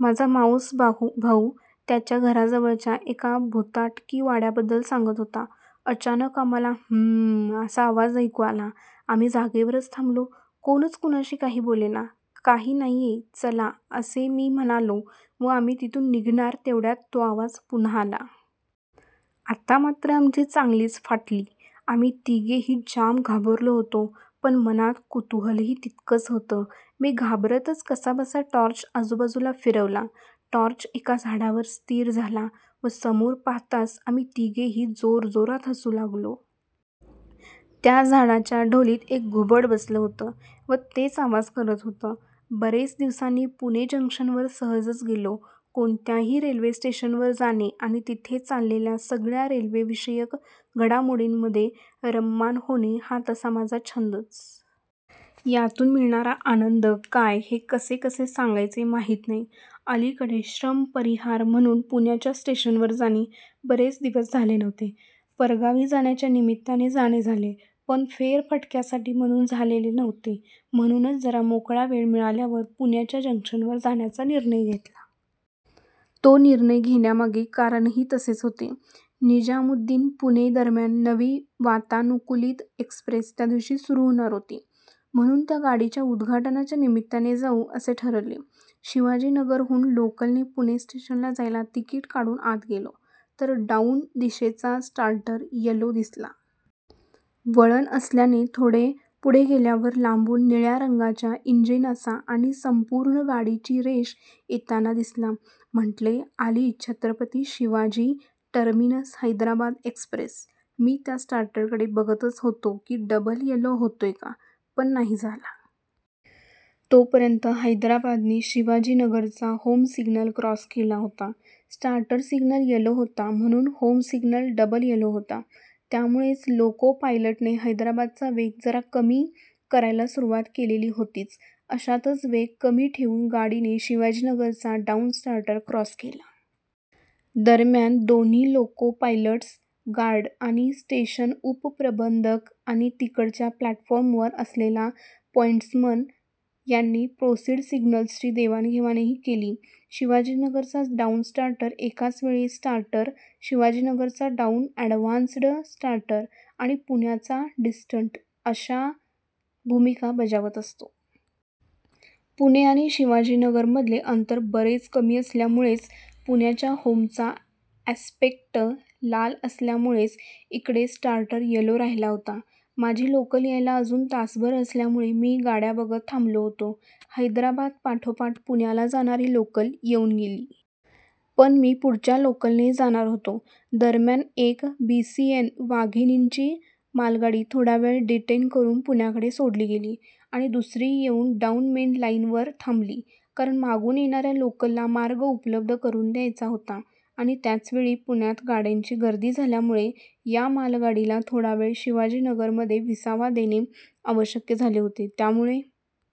माझा मावस भाऊ त्याच्या घराजवळच्या एका भुताटकी वाड्याबद्दल सांगत होता. अचानक आम्हाला हम.. असा आवाज ऐकू आला. आम्ही जागेवरच थांबलो. कोणच कुणाशी काही बोलेना. काही नाहीये, चला असे मी म्हणालो व आम्ही तिथून निघणार तेवढ्यात तो आवाज पुन्हा आला. आता मात्र आमची चांगलीच फाटली. आम्ही तिघेही जाम घाबरलो होतो पण मनात कुतूहलही तितकंच होतं. मी घाबरतच कसाबसा टॉर्च आजूबाजूला फिरवला. टॉर्च एका झाडावर स्थिर झाला व समोर पाहताच आम्ही तिघेही जोरजोरात हसू लागलो. त्या झाडाच्या ढोलीत एक घुबड बसलं होतं व तेच आवाज करत होतं. बरेच दिवसांनी पुणे जंक्शनवर सहजच गेलो. कोणत्याही रेल्वे स्टेशनवर जाणे आणि तिथे चाललेल्या सगळ्या रेल्वेविषयक घडामोडींमध्ये रममाण होणे हा तसा माझा छंदच. यातून मिळणारा आनंद काय हे कसे कसे सांगायचे माहीत नाही. अलीकडे श्रमपरिहार म्हणून पुण्याच्या स्टेशनवर जाणे बरेच दिवस झाले नव्हते. परगावी जाण्याच्या निमित्ताने जाणे झाले, पण फेरफटक्यासाठी म्हणून झालेले नव्हते. म्हणूनच जरा मोकळा वेळ मिळाल्यावर पुण्याच्या जंक्शनवर जाण्याचा निर्णय घेतला. तो निर्णय घेण्यामागे कारणही तसेच होते. निजामुद्दीन-पुणे दरम्यान नवी वातानुकूलित एक्सप्रेस त्या दिवशी सुरू होणार होती. म्हणून त्या गाडीच्या उद्घाटनाच्या निमित्ताने जाऊ असे ठरवले. शिवाजीनगरहून लोकलने पुणे स्टेशनला जायला तिकीट काढून आत गेलो, तर डाऊन दिशेचा स्टार्टर यलो दिसला. वळण असल्याने थोडे पुढे गेल्यावर लांबून निळ्या रंगाच्या इंजिनाचा आणि संपूर्ण गाडीची रेष येताना दिसला. म्हटले आली छत्रपती शिवाजी टर्मिनस-हैदराबाद एक्सप्रेस. मी त्या स्टार्टरकडे बघतच होतो की, डबल-यलो होतोय का, पण नाही झाला. तोपर्यंत हैदराबादने शिवाजीनगरचा होम सिग्नल क्रॉस केला होता. स्टार्टर सिग्नल यलो होता म्हणून होम सिग्नल डबल-यलो होता. त्यामुळेच लोको पायलटने हैदराबादचा वेग जरा कमी करायला सुरुवात केलेली होतीच. अशातच वेग कमी ठेऊन गाडीने शिवाजीनगरचा डाऊन स्टार्टर क्रॉस केला. दरम्यान दोन्ही लोको पायलट्स, गार्ड आणि स्टेशन उपप्रबंधक आणि तिकडच्या प्लॅटफॉर्मवर असलेला पॉईंट्समन यांनी प्रोसिड सिग्नल्सची देवाणघेवाणही केली. शिवाजीनगरचा डाऊन स्टार्टर एकाचवेळी स्टार्टर, शिवाजीनगरचा डाऊन ॲडव्हान्स्ड स्टार्टर आणि पुण्याचा डिस्टंट अशा भूमिका बजावत असतो. पुणे आणि शिवाजीनगरमधले अंतर बरेच कमी असल्यामुळेच पुण्याच्या होमचा ॲस्पेक्ट लाल असल्यामुळेच इकडे स्टार्टर यलो राहिला होता. माझी लोकल यायला अजून तासभर असल्यामुळे मी गाड्या बघत थांबलो होतो. हैदराबादपाठोपाठ पुण्याला जाणारी लोकल येऊन गेली. पण मी पुढच्या लोकलने जाणार होतो. दरम्यान, एक बीसीएन वाघिणींची मालगाडी थोडा वेळ डिटेन करून पुण्याकडे सोडली गेली आणि दुसरी येऊन डाऊन मेन लाईनवर थांबली. कारण मागून येणाऱ्या लोकलला मार्ग उपलब्ध करून द्यायचा होता आणि त्याचवेळी पुण्यात गाड्यांची गर्दी झाल्यामुळे या मालगाडीला थोडावेळ शिवाजीनगरमध्ये विसावा देणे आवश्यक झाले होते. त्यामुळे